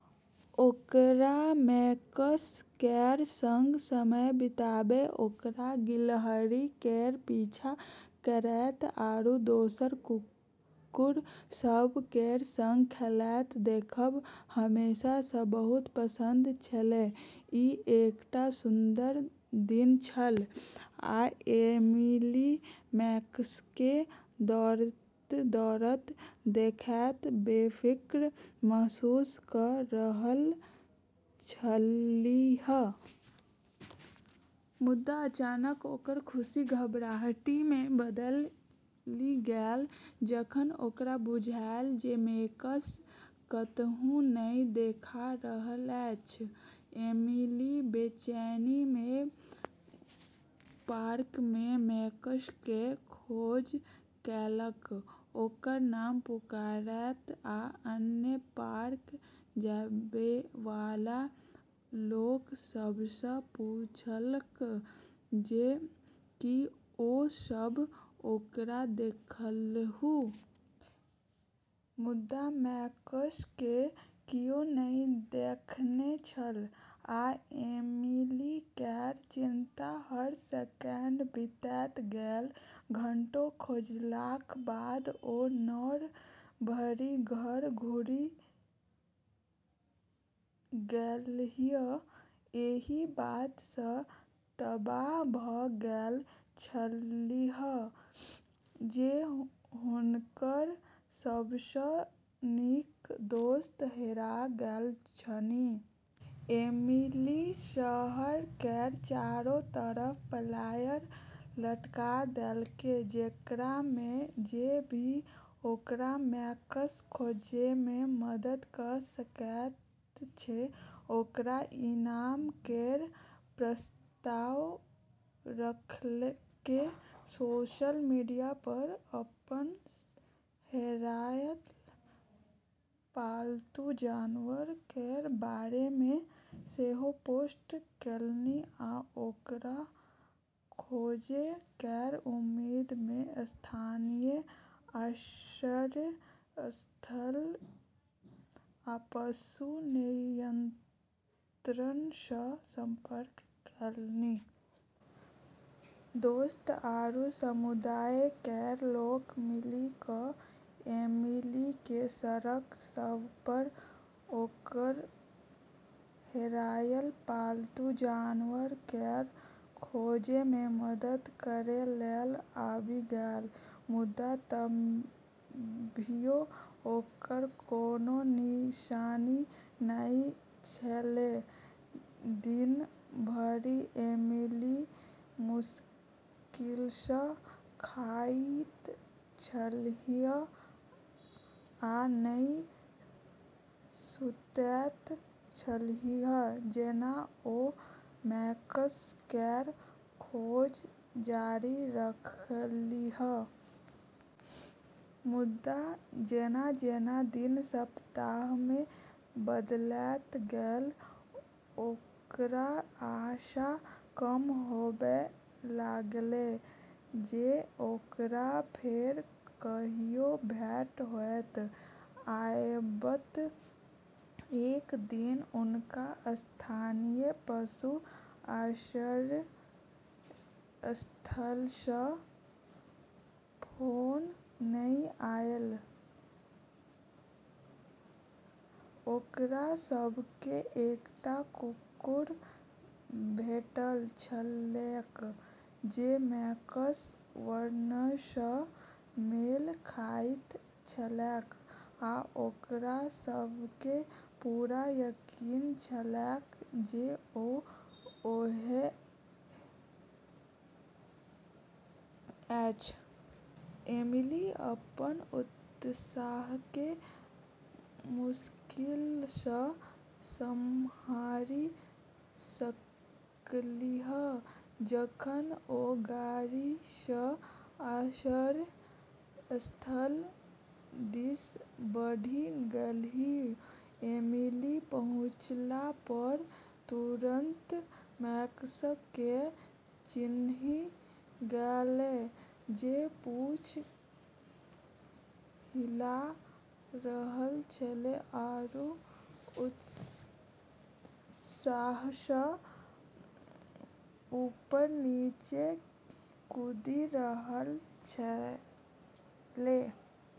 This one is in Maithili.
ओकरा मैक्स केर संग समय बिताबै, ओकरा गिलहरी केर पीछा करैत आरू दोसर कुकुर सभ केर संग खेलैत देखब हमेशासँ बहुत पसंद छेलै। ई एकटा सुन्दर दिन छल, आ एमिली मैक्सकेँ दौड़ैत-दौड़ैत देखैत बेफिक्र महसूस कऽ रहल छलीह। मुदा अचानक ओकर खुशी घबराहटिमे बदलि गेलै जखन ओकरा बुझायल जे मैक्स कतहु नहि देखा रहल अछि। एमिली बेचैनीमे पार्कमे मैक्सकेँ खोज केलक, ओकर नाम पुकारैत आ अन्य पार्क जाबैवाला लोक सभसँ पूछलक जे की ओ सभ ओकरा देखलहुँ। मुदा मैक्सकेँ कियो नहि देखने छल, आ एमिली केर चिंता हर सेकेंड बीतैत गेलै। घंटों खोजलाक बाद ओ नोर भरि घर घुरि गेलीह, एहि बातसँ तबाह भऽ गेल छलीह जे हुनकर सबसँ नीक दोस्त हेरा गेल छनि। एमिली शहर केर चारो तरफ फ्लायर लटका देलकै, जेकरामे जे भी ओकरा मैक्स खोजैमे मदद कऽ सकैत छै ओकरा इनाम केर प्रस्ताव रखलकै। सोशल मीडियापर अपन हेरायल पालतू जानवर केर बारेमे सेहो पोस्ट केलनि आ ओकरा खोजै केर उम्मीदमे स्थानीय आश्रय स्थल आ पशु नियंत्रणसँ संपर्क केलनि। दोस्त आरू समुदाय केर लोक मिलि कऽ एमिलीकेँ सड़क सभपर ओकर हेरायल पालतू जानवर केर खोजमे मदद करै लेल आबि गेलै, मुदा तभियो ओकर कोनो निशानी नहि छेलै। दिन भरि एमिली मुश्किलसँ खाइत छलीह आ नहि सुतैत छलीह जेना ओ मैक्स केर खोज जारी रखलीह। मुदा जेना-जेना दिन सप्ताहमे बदलैत गेलै, ओकरा आशा कम होबै लागलै जे ओकरा फेर कहियो भेट होएत। याबत एक दिन हुनका स्थानीय पशु आश्रय स्थलसँ फोन नहि आयल। ओकरा सभकेँ एकटा कुकुर भेटल छलैक जे मैक्सक वर्णनसँ मेल खाइत छलैक, आ ओकरा सभकेँ पूरा यकीन छलैक जे ओ ओएह अछि। एमिली अपन उत्साहकेँ मुश्किलसँ सम्हारि सकलीह जखन ओ गाड़ीसँ आश्रय स्थल दिस बढ़ि गेलीह। एमिली पहुँचलापर तुरंत मैक्सकेँ चिन्हि गेलै, जे पूँछ हिला रहल छेलै आरू उत्साहसँ ऊपर-नीचे कूदि रहल छेलै।